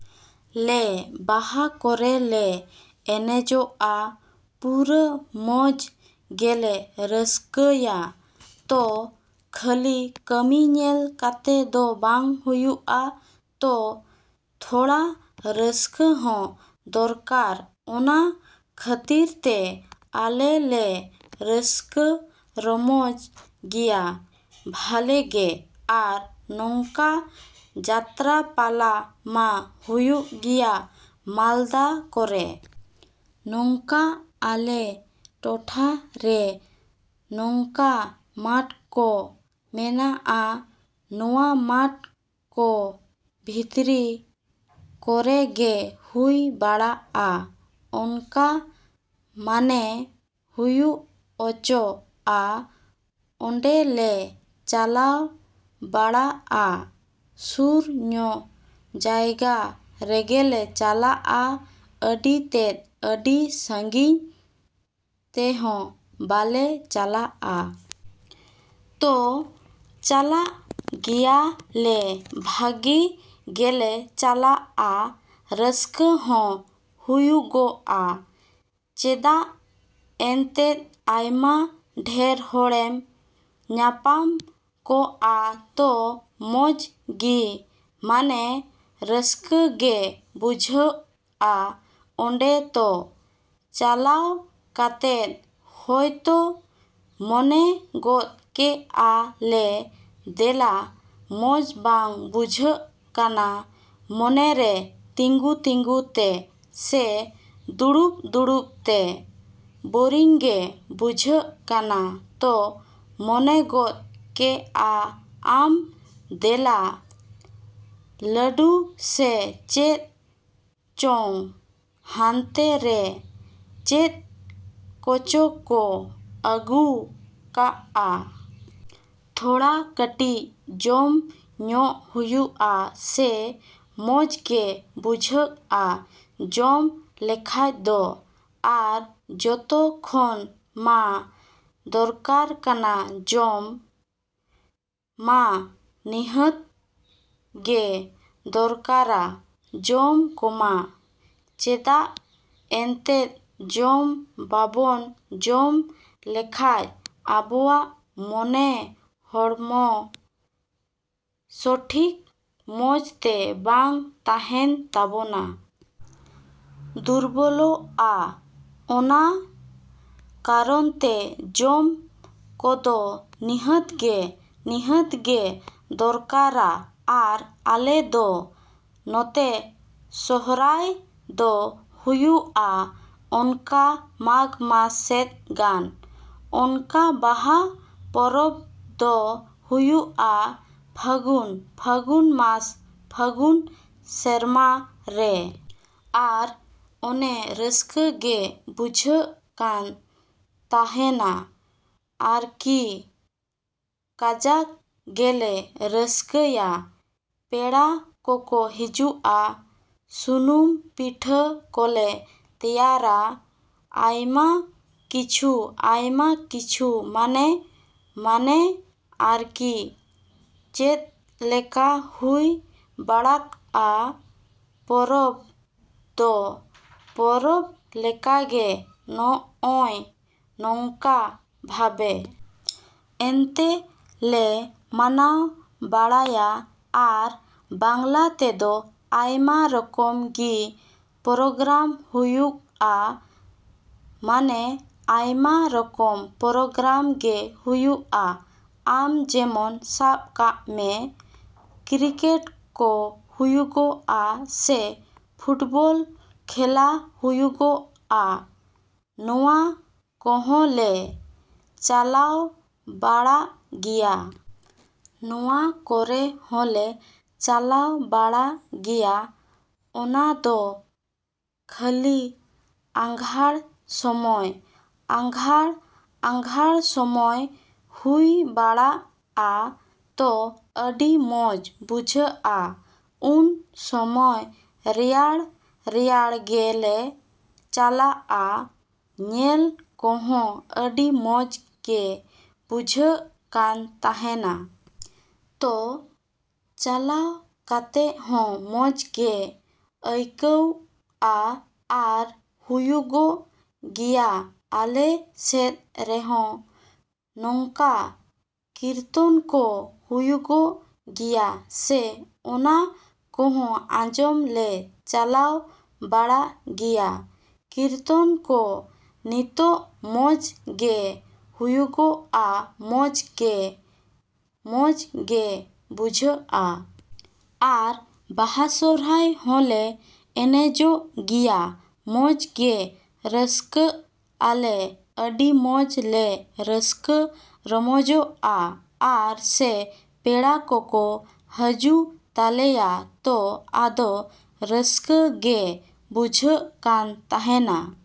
ᱞᱮ ᱵᱟᱦᱟ ᱠᱚᱨᱮ ᱞᱮ ᱮᱱᱮᱡᱚᱜᱼᱟ, ᱯᱩᱨᱟᱹ ᱢᱚᱡᱽ ᱜᱮᱞᱮ ᱨᱟᱹᱥᱠᱟᱹᱭᱼᱟ᱾ ᱛᱚ, ᱠᱷᱟᱹᱞᱤ ᱠᱟᱹᱢᱤ ᱧᱮᱞ ᱠᱟᱛᱮ ᱫᱚ ᱵᱟᱝ ᱦᱩᱭᱩᱜᱼᱟ ᱛᱚ, ᱛᱷᱚᱲᱟ ᱨᱟᱹᱥᱠᱟᱹ ᱦᱚᱸ ᱫᱚᱨᱠᱟᱨ᱾ ᱚᱱᱟ ᱠᱷᱟᱹᱛᱤᱨ ᱛᱮ ᱟᱞᱮ ᱞᱮ ᱨᱟᱹᱥᱠᱟᱹ ᱨᱚᱢᱚᱡ ᱜᱮᱭᱟ ᱵᱷᱟᱞᱮ ᱜᱮ᱾ ᱟᱨ ᱱᱚᱝᱠᱟ ᱡᱟᱛᱨᱟ ᱯᱟᱞᱟ ᱢᱟ ᱦᱩᱭᱩᱜ ᱜᱮᱭᱟ ᱢᱟᱞᱫᱟ ᱠᱚᱨᱮ᱾ ᱱᱚᱝᱠᱟ ᱟᱞᱮ ᱴᱚᱴᱷᱟ ᱨᱮ ᱱᱚᱝᱠᱟ ᱢᱟᱴᱷ ᱠᱚ ᱢᱮᱱᱟᱜᱼᱟ᱾ ᱱᱚᱣᱟ ᱢᱟᱴᱷ ᱠᱚ ᱵᱷᱤᱛᱨᱤ ᱠᱚᱨᱮ ᱜᱮ ᱦᱩᱭ ᱵᱟᱲᱟᱜᱼᱟ ᱚᱱᱠᱟ ᱢᱟᱱᱮ ᱦᱩᱭ ᱚᱪᱚ. ᱟ, ᱚᱸᱰᱮ ᱞᱮ ᱪᱟᱞᱟᱣ ᱵᱟᱲᱟᱜᱼᱟ᱾ ᱥᱩᱨ ᱧᱚᱜ ᱡᱟᱭᱜᱟ ᱨᱮᱜᱮᱞᱮ ᱪᱟᱞᱟᱜᱼᱟ ᱟᱹᱰᱤ ᱛᱮᱫ, ᱟᱹᱰᱤ ᱥᱟᱺᱜᱤᱧ ᱛᱮᱦᱚᱸ ᱵᱟᱞᱮ ᱪᱟᱞᱟᱜᱼᱟ᱾ ᱛᱚ, ᱪᱟᱞᱟᱜ ᱜᱮᱭᱟ ᱞᱮ ᱵᱷᱟᱜᱮ ᱜᱮᱞᱮ ᱪᱟᱞᱟᱜᱼᱟ, ᱨᱟᱹᱥᱠᱟᱹ ᱦᱚᱸ ᱦᱩᱭᱩᱜᱚᱜᱼᱟ᱾ ᱪᱮᱫᱟᱜ ᱮᱱᱛᱮᱫ ᱟᱭᱢᱟ ᱰᱷᱮᱨ ᱦᱚᱲᱮᱢ ᱧᱟᱯᱟᱢ ᱠᱚᱜᱼᱟ ᱛᱚ᱾ ᱢᱚᱡᱽ ᱜᱤ ᱢᱟᱱᱮ ᱨᱟᱹᱥᱠᱟᱹ ᱜᱮ ᱵᱩᱡᱷᱟᱹᱜᱼᱟ ᱚᱸᱰᱮ᱾ ᱛᱚ, ᱪᱟᱞᱟᱣ ᱠᱟᱛᱮ ᱦᱳᱭᱛᱳ ᱢᱚᱱᱮ ᱜᱚᱫ ᱠᱮᱜᱼᱟ ᱞᱮ ᱫᱮᱞᱟ ᱢᱚᱡᱽ ᱵᱟᱝ ᱵᱩᱡᱷᱟᱹᱜ ᱠᱟᱱᱟ ᱢᱚᱱᱮ ᱨᱮ ᱛᱤᱸᱜᱩ ᱛᱤᱸᱜᱩ ᱛᱮ ᱥᱮ ᱫᱩᱲᱩᱵ ᱫᱩᱲᱩᱵ ᱛᱮ ᱵᱳᱨᱤᱝ ᱜᱮ ᱵᱩᱡᱷᱟᱹᱜ ᱠᱟᱱᱟ ᱛᱚ, ᱢᱚᱱᱮ ᱜᱚᱫ ᱠᱮᱜᱼᱟ ᱟᱢ ᱫᱮᱞᱟ ᱞᱟᱹᱰᱩ ᱥᱮ ᱪᱮᱫ ᱪᱚᱝ ᱦᱟᱱᱛᱮ ᱨᱮ ᱪᱮᱫ ᱠᱚᱪᱚ ᱠᱚ ᱟᱹᱜᱩᱣ ᱠᱟᱜᱼᱟ? ᱛᱷᱚᱲᱟ ᱠᱟᱹᱴᱤᱡ ᱡᱚᱢ ᱧᱚᱜᱽ ᱦᱩᱭᱩᱜᱼᱟ ᱥᱮ ᱢᱚᱡᱽ ᱜᱮ ᱵᱩᱡᱷᱟᱹᱜᱼᱟ ᱡᱚᱢ ᱞᱮᱠᱷᱟᱡ ᱫᱚ᱾ ᱟᱨ ᱡᱚᱛᱚ ᱠᱷᱚᱱ ᱢᱟ ᱫᱚᱨᱠᱟᱨ ᱠᱟᱱᱟ ᱡᱚᱢ ᱢᱟ ᱱᱤᱦᱟᱹᱛ ᱜᱮ ᱫᱚᱨᱠᱟᱨᱟ ᱡᱚᱢ ᱠᱚᱢᱟ᱾ ᱪᱮᱫᱟᱜ ᱮᱱᱛᱮᱫ ᱡᱚᱢ ᱵᱟᱵᱚᱱ ᱡᱚᱢ ᱞᱮᱠᱷᱟᱡ ᱟᱵᱚᱣᱟᱜ ᱢᱟᱱᱮ ᱦᱚᱲᱢᱚ ᱥᱚᱴᱷᱤᱠ ᱢᱚᱡᱽ ᱛᱮ ᱵᱟᱝ ᱛᱟᱦᱮᱱ ᱛᱟᱵᱚᱱᱟ᱾ ᱫᱩᱨᱵᱚᱞᱚᱜᱼᱟ, ᱾ ᱚᱱᱟ ᱠᱟᱨᱚᱱ ᱛᱮ ᱡᱚᱢ ᱠᱚᱫᱚ ᱱᱤᱦᱟᱹᱛ ᱜᱮ, ᱱᱤᱦᱟᱹᱛ ᱜᱮ ᱫᱚᱨᱠᱟᱨᱟ᱾ ᱟᱨ ᱟᱞᱮ ᱫᱚ ᱱᱚᱛᱮ ᱥᱚᱦᱨᱟᱭ ᱫᱚ ᱦᱩᱭᱩᱜᱼᱟ ᱚᱱᱠᱟ ᱢᱟᱜᱽ ᱢᱟᱥ ᱥᱮᱫ ᱜᱟᱱ᱾ ᱚᱱᱠᱟ ᱵᱟᱦᱟ ᱯᱚᱨᱚᱵᱽ ᱫᱚ ᱦᱩᱭᱩᱜᱼᱟ ᱯᱷᱟᱹᱜᱩᱱ, ᱯᱷᱟᱹᱜᱩᱱ ᱢᱟᱥ ᱯᱷᱟᱹᱜᱩᱱ ᱥᱮᱨᱢᱟ ᱨᱮ᱾ ᱟᱨ ᱚᱱᱮ ᱨᱟᱹᱥᱠᱟᱹ ᱜᱮ ᱵᱩᱡᱷᱟᱹᱜ ᱠᱟᱱ ᱛᱟᱦᱮᱱᱟ ᱟᱨᱠᱤ ᱠᱟᱡᱟᱠ ᱜᱮᱞᱮ ᱨᱟᱹᱥᱠᱟᱹᱭᱟ᱾ ᱯᱮᱲᱟ ᱠᱚᱠᱚ ᱦᱟᱡᱩᱜᱼᱟ ᱥᱩᱱᱩᱢ ᱯᱤᱴᱷᱟᱹ ᱠᱚᱞᱮ ᱛᱮᱭᱟᱨᱟ᱾ ᱟᱭᱢᱟ ᱠᱤᱪᱷᱩ, ᱟᱭᱢᱟ ᱠᱤᱪᱷᱩ ᱢᱟᱱᱮ, ᱢᱟᱱᱮ ᱟᱨᱠᱤ ᱪᱮᱫᱞᱮᱠᱟ ᱦᱩᱭ ᱵᱟᱲᱟᱲᱜᱼᱟ᱾ ᱯᱚᱨᱚᱵᱽ ᱫᱚ ᱯᱚᱨᱚᱵᱽ ᱞᱮᱠᱟᱜᱮ ᱱᱚᱜᱼᱚᱸᱭ ᱱᱚᱝᱠᱟ ᱵᱷᱟᱵᱮ᱾ ᱮᱱᱛᱮ ᱞᱮ ᱢᱟᱱᱟᱣ ᱵᱟᱲᱟᱭᱟ᱾ ᱟᱨ ᱵᱟᱝᱞᱟ ᱛᱮᱫᱚ ᱟᱭᱢᱟ ᱨᱚᱠᱚᱢ ᱜᱤ ᱯᱨᱳᱜᱨᱟᱢ ᱦᱩᱭᱩᱜᱼᱟ᱾ ᱢᱟᱱᱮ ᱟᱭᱢᱟ ᱨᱚᱠᱚᱢ ᱯᱨᱳᱜᱨᱟᱢ ᱜᱮ ᱦᱩᱭᱩᱜᱼᱟ᱾ ᱟᱢ ᱡᱮᱢᱚᱱ ᱥᱟᱵ ᱠᱟᱜ ᱢᱮ ᱠᱨᱤᱠᱮᱴ ᱠᱚ ᱦᱩᱭᱩᱜᱚᱜᱼᱟ ᱥᱮ ᱯᱷᱩᱴᱵᱚᱞ ᱠᱷᱮᱞᱟ ᱦᱩᱭᱩᱜᱚᱜᱼᱟ, ᱱᱚᱣᱟ ᱠᱚᱦᱚᱸᱞᱮ ᱪᱟᱞᱟᱣ ᱵᱟᱲᱟᱜ ᱜᱮᱭᱟ᱾ ᱱᱚᱣᱟ ᱠᱚᱨᱮ ᱦᱚᱸᱞᱮ ᱪᱟᱞᱟᱣ ᱵᱟᱲᱟᱜ ᱜᱮᱭᱟ᱾ ᱚᱱᱟ ᱫᱚ ᱠᱷᱟᱹᱞᱤ ᱟᱸᱜᱷᱟᱸᱬ ᱥᱚᱢᱚᱭ ᱟᱸᱜᱷᱟᱸᱬ, ᱟᱸᱜᱷᱟᱬ ᱥᱚᱢᱚᱭ ᱦᱩᱭ ᱵᱟᱲᱟᱜᱼᱟ᱾ ᱛᱚ, ᱟᱹᱰᱤ ᱢᱚᱡᱽ ᱵᱩᱡᱷᱟᱹᱜᱼᱟ ᱩᱱ ᱥᱚᱢᱚᱭ ᱨᱮᱭᱟᱲ, ᱨᱮᱭᱟᱲ ᱜᱮ ᱞᱮ ᱪᱟᱞᱟᱜᱼᱟ᱾ ᱧᱮᱞ ᱠᱚᱦᱚᱸ ᱟᱹᱰᱤ ᱢᱚᱡᱽ ᱜᱮ ᱵᱩᱡᱷᱟᱹᱜ ᱠᱟᱱ ᱛᱟᱦᱮᱱᱟ᱾ ᱛᱚ, ᱪᱟᱞᱟᱣ ᱠᱟᱛᱮ ᱦᱚᱸ ᱢᱚᱡᱽ ᱜᱮ ᱟᱹᱭᱠᱟᱹᱜᱼᱟ᱾ ᱟᱨ ᱦᱩᱭᱩᱜᱚᱜ ᱜᱮᱭᱟ ᱟᱞᱮ ᱥᱮᱫ ᱨᱮᱦᱚᱸ ᱱᱚᱝᱠᱟ ᱠᱤᱨᱛᱚᱱ ᱠᱚ ᱦᱩᱭᱩᱜᱚᱜ ᱜᱮᱭᱟ, ᱥᱮ ᱚᱱᱟ ᱠᱚᱦᱚᱸ ᱟᱸᱡᱚᱢ ᱞᱮ ᱪᱟᱞᱟᱣ ᱵᱟᱲᱟᱜ ᱜᱮᱭᱟ᱾ ᱠᱤᱨᱛᱚᱱ ᱠᱚ ᱱᱤᱛᱚᱜ ᱢᱚᱡᱽ ᱜᱮ ᱦᱩᱭᱩᱜᱚᱜᱼᱟ, ᱢᱚᱡᱽ ᱜᱮ ᱢᱚᱡᱽ ᱜᱮ ᱵᱩᱡᱷᱟᱹᱜᱼᱟ᱾ ᱟᱨ ᱵᱟᱦᱟ ᱥᱚᱨᱦᱟᱭ ᱦᱚᱸᱞᱮ ᱮᱱᱮᱡᱚᱜ ᱜᱮᱭᱟ ᱢᱚᱡᱽ ᱜᱮ ᱨᱟᱹᱥᱠᱟᱹᱜ ᱟᱞᱮ, ᱟᱹᱰᱤ ᱢᱚᱡᱽ ᱞᱮ ᱨᱟᱹᱥᱠᱟᱹ ᱨᱚᱢᱚᱡᱚᱜᱼᱟ᱾ ᱟᱨ ᱥᱮ ᱯᱮᱲᱟ ᱠᱚᱠᱚ ᱦᱟᱡᱩᱜ ᱛᱟᱞᱮᱭᱟ ᱛᱚ ᱟᱫᱚ ᱨᱟᱹᱥᱠᱟᱹ ᱜᱮ ᱵᱩᱡᱷᱟᱹᱜ ᱠᱟᱱ ᱛᱟᱦᱮᱱᱟ᱾।